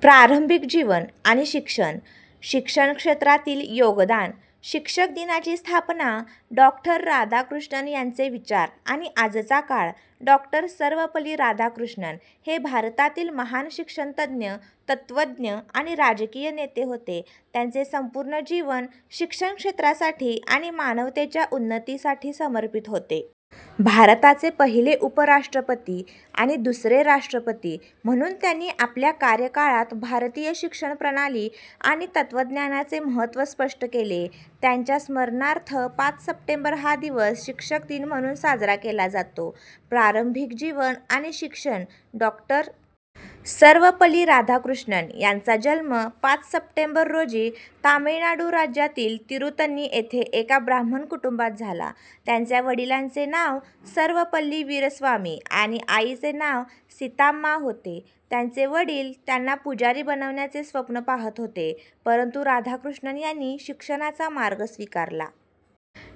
प्रारंभिक जीवन आणि शिक्षण, शिक्षण क्षेत्रातील योगदान, शिक्षक दिनाची स्थापना, डॉ. राधाकृष्णन यांचे विचार आणि आजचा काळ, डॉ. सर्वपल्ली राधाकृष्णन हे भारतातील महान शिक्षणतज्ज्ञ, तत्त्वज्ञ आणि राजकीय नेते होते. त्यांचे संपूर्ण जीवन शिक्षण क्षेत्रासाठी आणि मानवतेच्या उन्नतीसाठी समर्पित होते. भारताचे पहिले उपराष्ट्रपती आणि दुसरे राष्ट्रपती म्हणून त्यांनी आपल्या कार्यकाळात भारतीय शिक्षण प्रणाली आणि तत्त्वज्ञानाचे महत्त्व स्पष्ट केले. त्यांच्या स्मरणार्थ पाच सप्टेंबर हा दिवस शिक्षक दिन म्हणून साजरा केला जातो. प्रारंभिक जीवन आणि शिक्षण, डॉ. सर्वपल्ली राधाकृष्णन यांचा जन्म पाच सप्टेंबर रोजी तामिळनाडू राज्यातील तिरुत्तनी येथे एका ब्राह्मण कुटुंबात झाला. त्यांच्या वडिलांचे नाव सर्वपल्ली वीरस्वामी आणि आईचे नाव सीताम्मा होते. त्यांचे वडील त्यांना पुजारी बनवण्याचे स्वप्न पाहत होते, परंतु राधाकृष्णन यांनी शिक्षणाचा मार्ग स्वीकारला.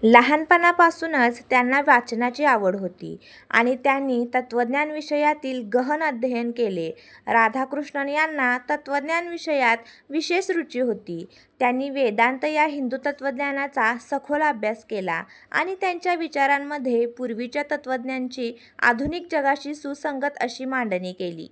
लहानपणापासूनच त्यांना वाचनाची आवड होती आणि त्यांनी तत्त्वज्ञान विषयातील गहन अध्ययन केले. राधाकृष्णन यांना तत्त्वज्ञान विषयात विशेष रुची होती. त्यांनी वेदांत या हिंदू तत्त्वज्ञानाचा सखोल अभ्यास केला आणि त्यांच्या विचारांमध्ये पूर्वीच्या तत्त्वज्ञांची आधुनिक जगाशी सुसंगत अशी मांडणी केली.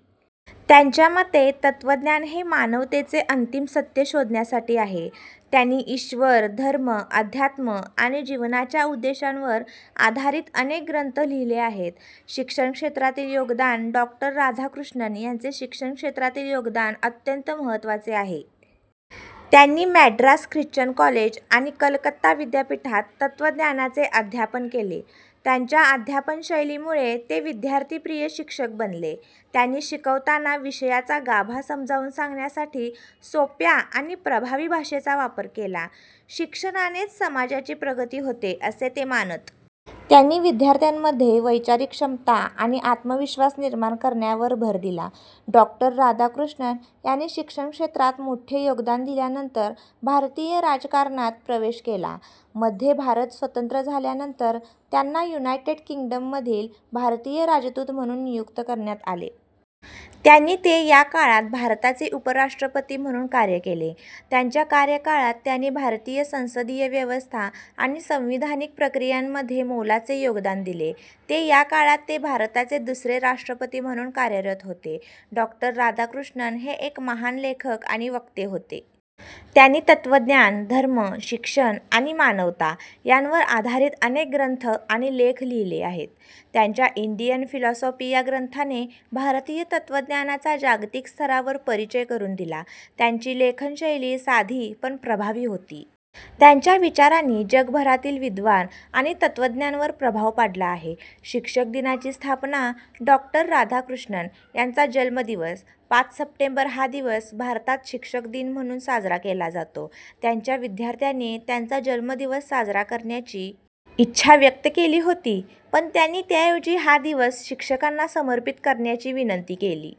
त्यांच्या मते, तत्त्वज्ञान हे मानवतेचे अंतिम सत्य शोधण्यासाठी आहे. त्यांनी ईश्वर, धर्म, अध्यात्म आणि जीवनाच्या उद्देशांवर आधारित अनेक ग्रंथ लिहिले आहेत. शिक्षण क्षेत्रातील योगदान, डॉ. राधाकृष्णन यांचे शिक्षण क्षेत्रातील योगदान अत्यंत महत्त्वाचे आहे. त्यांनी मॅड्रास ख्रिश्चन कॉलेज आणि कलकत्ता विद्यापीठात तत्त्वज्ञानाचे अध्यापन केले. त्यांच्या अध्यापन शैलीमुळे ते विद्यार्थीप्रिय शिक्षक बनले. त्यांनी शिकवताना विषयाचा गाभा समजावून सांगण्यासाठी सोप्या आणि प्रभावी भाषेचा वापर केला. शिक्षणानेच समाजाची प्रगती होते, असे ते मानत. त्यांनी विद्यार्थ्यांमध्ये वैचारिक क्षमता आणि आत्मविश्वास निर्माण करण्यावर भर दिला. डॉ. राधाकृष्णन यांनी शिक्षण क्षेत्रात मोठे योगदान दिल्यानंतर भारतीय राजकारणात प्रवेश केला. मध्ये भारत स्वतंत्र झाल्यानंतर त्यांना युनायटेड किंगडममधील भारतीय राजदूत म्हणून नियुक्त करण्यात आले. त्यांनी ते या काळात भारताचे उपराष्ट्रपती म्हणून कार्य केले. त्यांच्या कार्यकाळात त्यांनी भारतीय संसदीय व्यवस्था आणि संविधानिक प्रक्रियांमध्ये मोलाचे योगदान दिले. ते या काळात ते भारताचे दुसरे राष्ट्रपती म्हणून कार्यरत होते. डॉ. राधाकृष्णन हे एक महान लेखक आणि वक्ते होते. त्यांनी तत्त्वज्ञान, धर्म, शिक्षण आणि मानवता यांवर आधारित अनेक ग्रंथ आणि लेख लिहिले आहेत. त्यांच्या इंडियन फिलॉसॉफी या ग्रंथाने भारतीय तत्त्वज्ञानाचा जागतिक स्तरावर परिचय करून दिला. त्यांची लेखन शैली साधी, पण प्रभावी होती. त्यांच्या विचारांनी जगभरातील विद्वान आणि तत्त्वज्ञांवर प्रभाव पाडला आहे. शिक्षक दिनाची स्थापना, डॉ. राधाकृष्णन यांचा जन्मदिवस पाच सप्टेंबर हा दिवस भारतात शिक्षक दिन म्हणून साजरा केला जातो. त्यांच्या विद्यार्थ्यांनी त्यांचा जन्मदिवस साजरा करण्याची इच्छा व्यक्त केली होती, पण त्यांनी त्याऐवजी हा दिवस शिक्षकांना समर्पित करण्याची विनंती केली